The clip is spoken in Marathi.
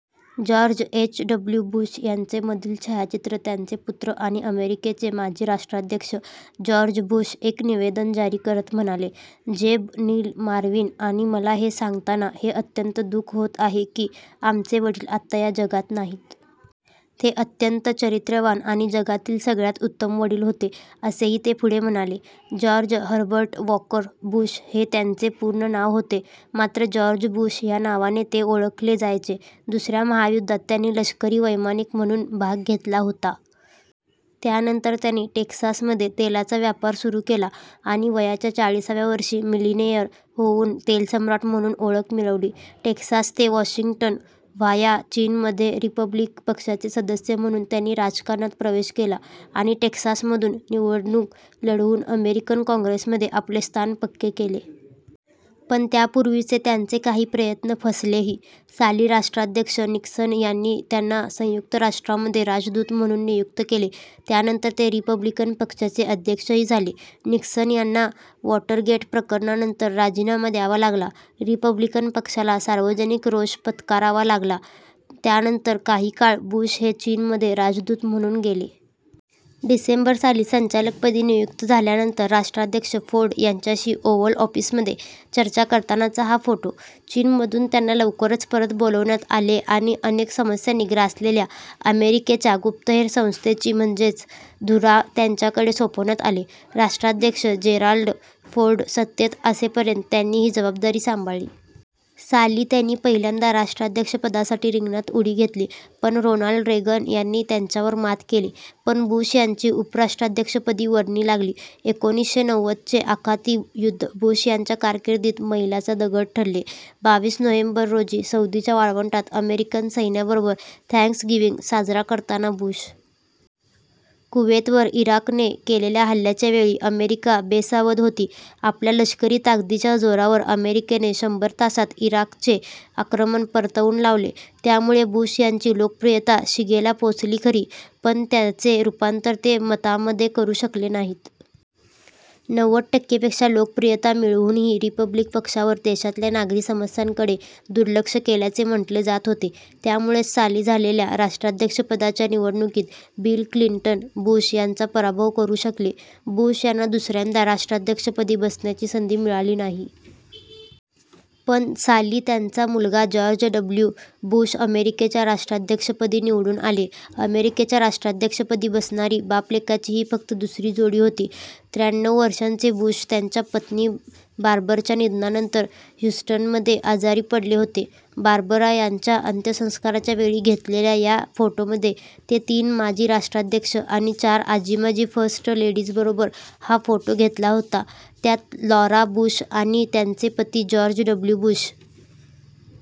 George H. डब्ल्यू. बुश यांचे मधील छायाचित्र त्यांचे पुत्र आणि अमेरिकेचे माजी राष्ट्राध्यक्ष जॉर्ज बुश एक निवेदन जारी करत म्हणाले, "जेब, नील, मार्विन आणि मला हे सांगताना हे अत्यंत दुःख होत आहे की आमचे वडील आता या जगात नाहीत." "ते अत्यंत चारित्र्यवान आणि जगातील सगळ्यात उत्तम वडील होते." असेही ते पुढे म्हणाले. जॉर्ज हर्बर्ट वॉकर बुश हे त्यांचे पूर्ण नाव होते, मात्र जॉर्ज बुश या नावाने ते ओळखले जायचे. दुसऱ्या महायुद्धात त्यांनी लष्करी वैमानिक म्हणून भाग घेतला होता. त्यानंतर त्यांनी टेक्सासमध्ये तेलाचा व्यापार सुरू केला आणि वयाच्या चाळीसाव्या वर्षी मिलिनेयर होऊन 'तेलसम्राट' म्हणून ओळख मिळवली. टेक्सास ते वॉशिंग्टन व्हाया चीन मध्ये रिपब्लिक पक्षाचे सदस्य म्हणून त्यांनी राजकारणात प्रवेश केला आणि टेक्सासमधून निवडणूक लढवून अमेरिकन काँग्रेसमध्ये आपले स्थान पक्के केले. पण त्यापूर्वीचे त्यांचे काही प्रयत्न फसलेही. साली राष्ट्राध्यक्ष निक्सन यांनी त्यांना संयुक्त राष्ट्रांमध्ये राजदूत म्हणून नियुक्त केले, त्यानंतर ते रिपब्लिकन पक्षाचे अध्यक्षही झाले. निक्सन यांना 'वॉटरगेट' प्रकरणानंतर राजीनामा द्यावा लागला. रिपब्लिकन पक्षाला सार्वजनिक रोष पत्करावा लागला, यानंतर काही काळ बुश हे चीनमध्ये राजदूत म्हणून गेले. डिसेंबर साली संचालकपदी नियुक्ती झाल्यानंतर राष्ट्राध्यक्ष फोर्ड यांच्याशी ओव्हल ऑफिसमध्ये चर्चा करतानाचा हा फोटो. चीनमधून त्यांना लवकरच परत बोलावण्यात आले आणि अनेक समस्यांनी ग्रासलेल्या अमेरिकेच्या गुप्तहेर संस्थेची म्हणजे धुरा त्यांच्याकडे सोपवण्यात आली. राष्ट्राध्यक्ष जेराल्ड फोर्ड सत्तेत असेपर्यंत त्यांनी ही जबाबदारी सांभाळली. साली त्यांनी पहिल्यांदा राष्ट्राध्यक्षपदासाठी रिंगणात उडी घेतली, पण रोनाल्ड रेगन यांनी त्यांच्यावर मात केली. पण बुश यांची उपराष्ट्राध्यक्षपदी वर्णी लागली. एकोणीसशे नव्वदचे आखाती युद्ध बुश यांच्या कारकिर्दीत मैलाचा दगड ठरले. बावीस नोव्हेंबर रोजी सौदीच्या वाळवंटात अमेरिकन सैन्याबरोबर थँक्सगिव्हिंग साजरा करताना बुश. कुवेतवर इराकने केलेल्या हल्ल्याच्या वेळी अमेरिका बेसावध होती. आपल्या लष्करी ताकदीच्या जोरावर अमेरिकेने शंभर तासात इराकचे आक्रमण परतवून लावले. त्यामुळे बुश यांची लोकप्रियता शिगेला पोहोचली खरी, पण त्याचे रूपांतर ते मतांमध्ये करू शकले नाहीत. नव्वद टक्के पेक्षा लोकप्रियता मिळवूनही रिपब्लिक पक्षावर देशातल्या नागरी समस्यांकडे दुर्लक्ष केल्याचे म्हटले जात होते. त्यामुळेच साली झालेल्या राष्ट्राध्यक्षपदाच्या निवडणुकीत बिल क्लिंटन बुश यांचा पराभव करू शकले. बुश यांना दुसऱ्यांदा राष्ट्राध्यक्षपदी बसण्याची संधी मिळाली नाही. पण साली त्यांचा मुलगा जॉर्ज डब्ल्यू. बुश अमेरिकेच्या राष्ट्राध्यक्षपदी निवडून आले. अमेरिकेच्या राष्ट्राध्यक्षपदी बसणारी बाप-लेकाची ही फक्त दुसरी जोडी होती. त्र्याण्णव वर्षांचे बुश त्यांच्या पत्नी बार्बराच्या निधनानंतर ह्यूस्टनमध्ये आजारी पडले होते. बार्बरा यांच्या अंत्यसंस्काराच्या वेळी घेतलेल्या या फोटोमध्ये ते तीन माजी राष्ट्राध्यक्ष आणि चार आजी-माजी फर्स्ट लेडीजबरोबर हा फोटो घेतला होता. त्यात लॉरा बुश आणि त्यांचे पती जॉर्ज डब्ल्यू. बुश,